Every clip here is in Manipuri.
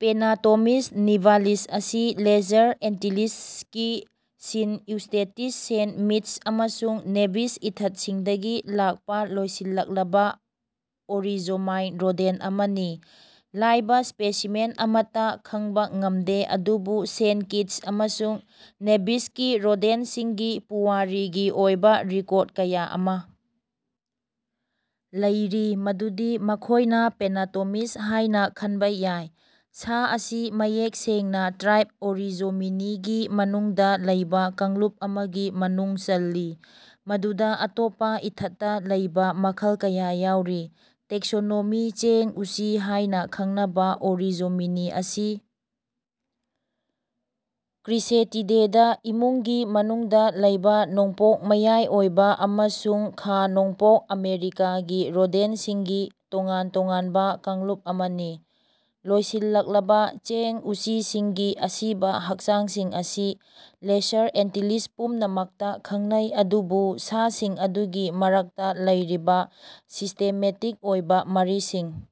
ꯄꯦꯅꯥꯇꯣꯃꯤꯁ ꯅꯤꯚꯥꯂꯤꯁ ꯑꯁꯤ ꯂꯦꯖꯔ ꯑꯦꯟꯇꯤꯂꯤꯁꯀꯤ ꯁꯤꯟꯠ ꯏꯎꯁ꯭ꯇꯦꯇꯤꯁ ꯁꯦꯟꯠ ꯃꯤꯠꯁ ꯑꯃꯁꯨꯡ ꯅꯦꯚꯤꯁ ꯏꯊꯠꯁꯤꯡꯗꯒꯤ ꯂꯥꯛꯄ ꯂꯣꯏꯁꯤꯜꯂꯛꯂꯕ ꯑꯣꯔꯤꯖꯣꯃꯥꯏꯟ ꯔꯣꯗꯦꯟꯠ ꯑꯃꯅꯤ꯫ ꯂꯥꯏꯕ ꯁ꯭ꯄꯦꯁꯤꯃꯦꯟ ꯑꯃꯠꯇ ꯈꯪꯕ ꯉꯝꯗꯦ ꯑꯗꯨꯕꯨ ꯁꯦꯟꯠ ꯀꯤꯠꯁ ꯑꯃꯁꯨꯡ ꯅꯦꯚꯤꯁꯀꯤ ꯔꯣꯗꯦꯟꯠꯁꯤꯡꯒꯤ ꯄꯨꯋꯥꯔꯤꯒꯤ ꯑꯣꯏꯕ ꯔꯤꯀꯣꯔꯗ ꯀꯌꯥ ꯑꯃꯥ ꯂꯩꯔꯤ ꯃꯗꯨꯗꯤ ꯃꯈꯣꯏꯅ ꯄꯦꯅꯥꯇꯣꯃꯤꯁ ꯍꯥꯏꯅ ꯈꯟꯕ ꯌꯥꯏ꯫ ꯁꯥ ꯑꯁꯤ ꯃꯌꯦꯛ ꯁꯦꯡꯅ ꯇ꯭ꯔꯥꯏꯕ ꯑꯣꯔꯤꯖꯣꯃꯤꯅꯤꯒꯤ ꯃꯅꯨꯡꯗ ꯂꯩꯕ ꯀꯥꯡꯂꯨꯞ ꯑꯃꯒꯤ ꯃꯅꯨꯡ ꯆꯜꯂꯤ ꯃꯗꯨꯗꯥ ꯑꯇꯣꯞꯄ ꯏꯊꯠꯇ ꯂꯩꯕ ꯃꯈꯜ ꯀꯌꯥ ꯌꯥꯎꯔꯤ꯫ ꯇꯦꯛꯁꯣꯅꯣꯃꯤ ꯆꯦꯡ ꯎꯆꯤ ꯍꯥꯏꯅ ꯈꯪꯅꯕ ꯑꯣꯔꯤꯖꯣꯃꯤꯅꯤ ꯑꯁꯤ ꯀ꯭ꯔꯤꯁꯦꯇꯤꯗꯦꯗ ꯏꯃꯨꯡꯒꯤ ꯃꯅꯨꯡꯗꯥ ꯂꯩꯕ ꯅꯣꯡꯄꯣꯛ ꯃꯌꯥꯏꯑꯣꯏꯕ ꯑꯃꯁꯨꯡ ꯈꯥ ꯅꯣꯡꯄꯣꯛ ꯑꯥꯃꯦꯔꯤꯀꯥꯒꯤ ꯔꯣꯗꯦꯟꯠꯁꯤꯡꯒꯤ ꯇꯣꯉꯥꯟ ꯇꯣꯉꯥꯟꯕ ꯀꯥꯡꯂꯨꯞ ꯑꯃꯅꯤ꯫ ꯂꯣꯏꯁꯤꯜꯂꯛꯂꯕ ꯆꯦꯡ ꯎꯆꯤꯁꯤꯡꯒꯤ ꯑꯁꯤꯕ ꯍꯛꯆꯥꯡꯁꯤꯡ ꯑꯁꯤ ꯂꯦꯁꯔ ꯑꯦꯟꯇꯤꯂꯤꯁ ꯄꯨꯝꯅꯃꯛꯇ ꯈꯪꯅꯩ ꯑꯗꯨꯕꯨ ꯁꯥꯁꯤꯡ ꯑꯗꯨꯒꯤ ꯃꯔꯛꯇ ꯂꯩꯔꯤꯕ ꯁꯤꯁꯇꯦꯃꯦꯇꯤꯛ ꯑꯣꯏꯕ ꯃꯔꯤꯁꯤꯡ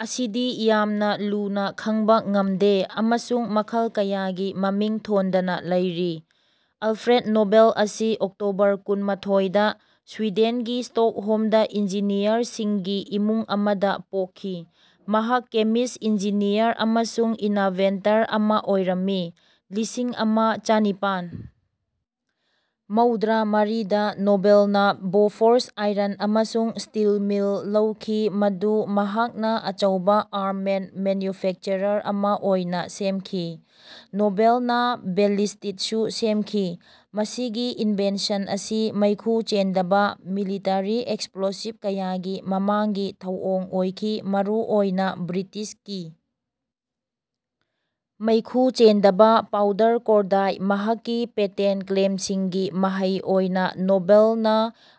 ꯑꯁꯤꯗꯤ ꯌꯥꯝꯅ ꯂꯨꯅꯥ ꯈꯪꯕ ꯉꯝꯗꯦ ꯑꯃꯁꯨꯡ ꯃꯈꯜ ꯀꯌꯥꯒꯤ ꯃꯃꯤꯡ ꯊꯣꯟꯗꯅ ꯂꯩꯔꯤ꯫ ꯑꯜꯐ꯭ꯔꯦꯗ ꯅꯣꯕꯦꯜ ꯑꯁꯤ ꯑꯣꯛꯇꯣꯕꯔ ꯀꯨꯟꯃꯥꯊꯣꯏ ꯗꯥ ꯁ꯭ꯋꯤꯗꯦꯟꯒꯤ ꯁ꯭ꯇꯣꯛꯍꯣꯝꯗꯥ ꯏꯟꯖꯤꯅꯤꯌꯔꯁꯤꯡꯒꯤ ꯏꯃꯨꯡ ꯑꯃꯗꯥ ꯄꯣꯛꯈꯤ꯫ ꯃꯍꯥꯛ ꯀꯦꯃꯤꯁ꯭ꯠ ꯏꯟꯖꯤꯅꯤꯌꯔ ꯑꯃꯁꯨꯡ ꯏꯅꯚꯦꯟꯇꯔ ꯑꯃꯥ ꯑꯣꯏꯔꯝꯃꯤ꯫ ꯂꯤꯁꯤꯡ ꯑꯃ ꯆꯅꯤꯄꯥꯟ ꯃꯧꯗ꯭ꯔꯥ ꯃꯔꯤꯗ ꯅꯣꯕꯦꯜꯅꯥ ꯕꯣꯐꯣꯔꯁ ꯑꯥꯏꯔꯟ ꯑꯃꯁꯨꯡ ꯁ꯭ꯇꯤꯜ ꯃꯤꯜ ꯂꯧꯈꯤ ꯃꯗꯨ ꯃꯍꯥꯛꯅꯥ ꯑꯆꯧꯕꯥ ꯑꯥꯔꯝꯃꯦꯟꯠ ꯃꯦꯟꯅ꯭ꯌꯨꯐꯦꯛꯆꯔꯔ ꯑꯃꯥ ꯑꯣꯏꯅꯥ ꯁꯦꯝꯈꯤ꯫ ꯅꯣꯕꯦꯜꯅꯥ ꯕꯦꯂꯤꯁꯇꯤꯠꯁꯨ ꯁꯦꯝꯈꯤ꯫ ꯃꯁꯤꯒꯤ ꯏꯟꯚꯦꯟꯁꯟ ꯑꯁꯤ ꯃꯩꯈꯨ ꯆꯦꯟꯗꯕꯥ ꯃꯤꯂꯤꯇꯔꯤ ꯑꯦꯛꯁꯄ꯭ꯂꯣꯁꯤꯚ ꯀꯌꯥꯒꯤ ꯃꯃꯥꯡꯒꯤ ꯊꯧꯑꯣꯡ ꯑꯣꯏꯈꯤ ꯃꯔꯨꯑꯣꯏꯅꯥ ꯕ꯭ꯔꯤꯇꯤꯁꯀꯤ ꯃꯩꯈꯨ ꯆꯦꯟꯗꯕꯥ ꯄꯥꯎꯗꯔ ꯀꯣꯔꯗꯥꯏꯠ꯫ ꯃꯍꯥꯛꯀꯤ ꯄꯦꯇꯦꯟꯠ ꯀ꯭ꯂꯦꯝꯁꯤꯡꯒꯤ ꯃꯍꯩ ꯑꯣꯏꯅꯥ ꯅꯣꯕꯦꯜꯅꯥ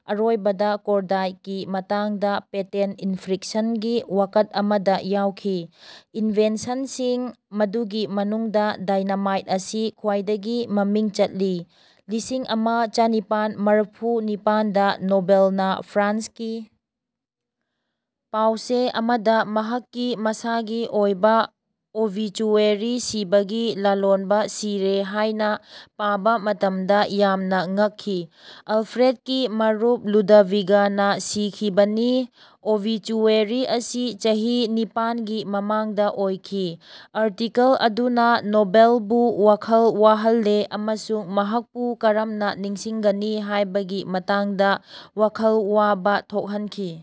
ꯑꯔꯣꯏꯕꯗꯥ ꯀꯣꯔꯗꯥꯏꯠꯀꯤ ꯃꯇꯥꯡꯗꯥ ꯄꯦꯇꯦꯟꯠ ꯏꯟꯐ꯭ꯔꯤꯛꯁꯟꯒꯤ ꯋꯥꯀꯠ ꯑꯃꯗꯥ ꯌꯥꯎꯈꯤ꯫ ꯏꯟꯚꯦꯟꯁꯟꯁꯤꯡ ꯃꯗꯨꯒꯤ ꯃꯅꯨꯡꯗꯥ ꯗꯥꯏꯅꯥꯃꯥꯏꯠ ꯑꯁꯤ ꯈ꯭ꯋꯥꯏꯗꯒꯤ ꯃꯃꯤꯡ ꯆꯠꯂꯤ꯫ ꯂꯤꯁꯤꯡ ꯑꯃ ꯆꯅꯤꯄꯥꯟ ꯃꯔꯐꯨ ꯅꯤꯄꯥꯟꯗ ꯅꯣꯕꯦꯜꯅꯥ ꯐ꯭ꯔꯥꯟꯁꯀꯤ ꯄꯥꯎ ꯆꯦ ꯑꯃꯗꯥ ꯃꯍꯥꯛꯀꯤ ꯃꯁꯥꯒꯤ ꯑꯣꯏꯕꯥ ꯑꯣꯕꯤꯆꯨꯌꯦꯔꯤ ꯁꯤꯕꯒꯤ ꯂꯂꯣꯟꯕꯥ ꯁꯤꯔꯦ ꯍꯥꯏꯅꯥ ꯄꯥꯕꯥ ꯃꯇꯝꯗꯥ ꯌꯥꯝꯅꯥ ꯉꯛꯈꯤ꯫ ꯑꯜꯐ꯭ꯔꯦꯗꯀꯤ ꯃꯔꯨꯞ ꯂꯨꯗꯚꯤꯒꯅꯥ ꯁꯤꯈꯤꯕꯅꯤ ꯑꯣꯕꯤꯆꯨꯑꯦꯔꯤ ꯑꯁꯤ ꯆꯍꯤ ꯅꯤꯄꯥꯟꯒꯤ ꯃꯃꯥꯡꯗꯥ ꯑꯣꯏꯈꯤ꯫ ꯑꯥꯔꯇꯤꯀꯜ ꯑꯗꯨꯅꯥ ꯅꯣꯕꯦꯜꯕꯨ ꯋꯥꯈꯜ ꯋꯥꯍꯜꯂꯦ ꯑꯃꯁꯨꯡ ꯃꯍꯥꯛꯄꯨ ꯀꯔꯝꯅꯥ ꯅꯤꯡꯁꯤꯡꯒꯅꯤ ꯍꯥꯏꯕꯒꯤ ꯃꯇꯥꯡꯗꯥ ꯋꯥꯈꯜ ꯋꯥꯕꯥ ꯊꯣꯛꯍꯟꯈꯤ꯫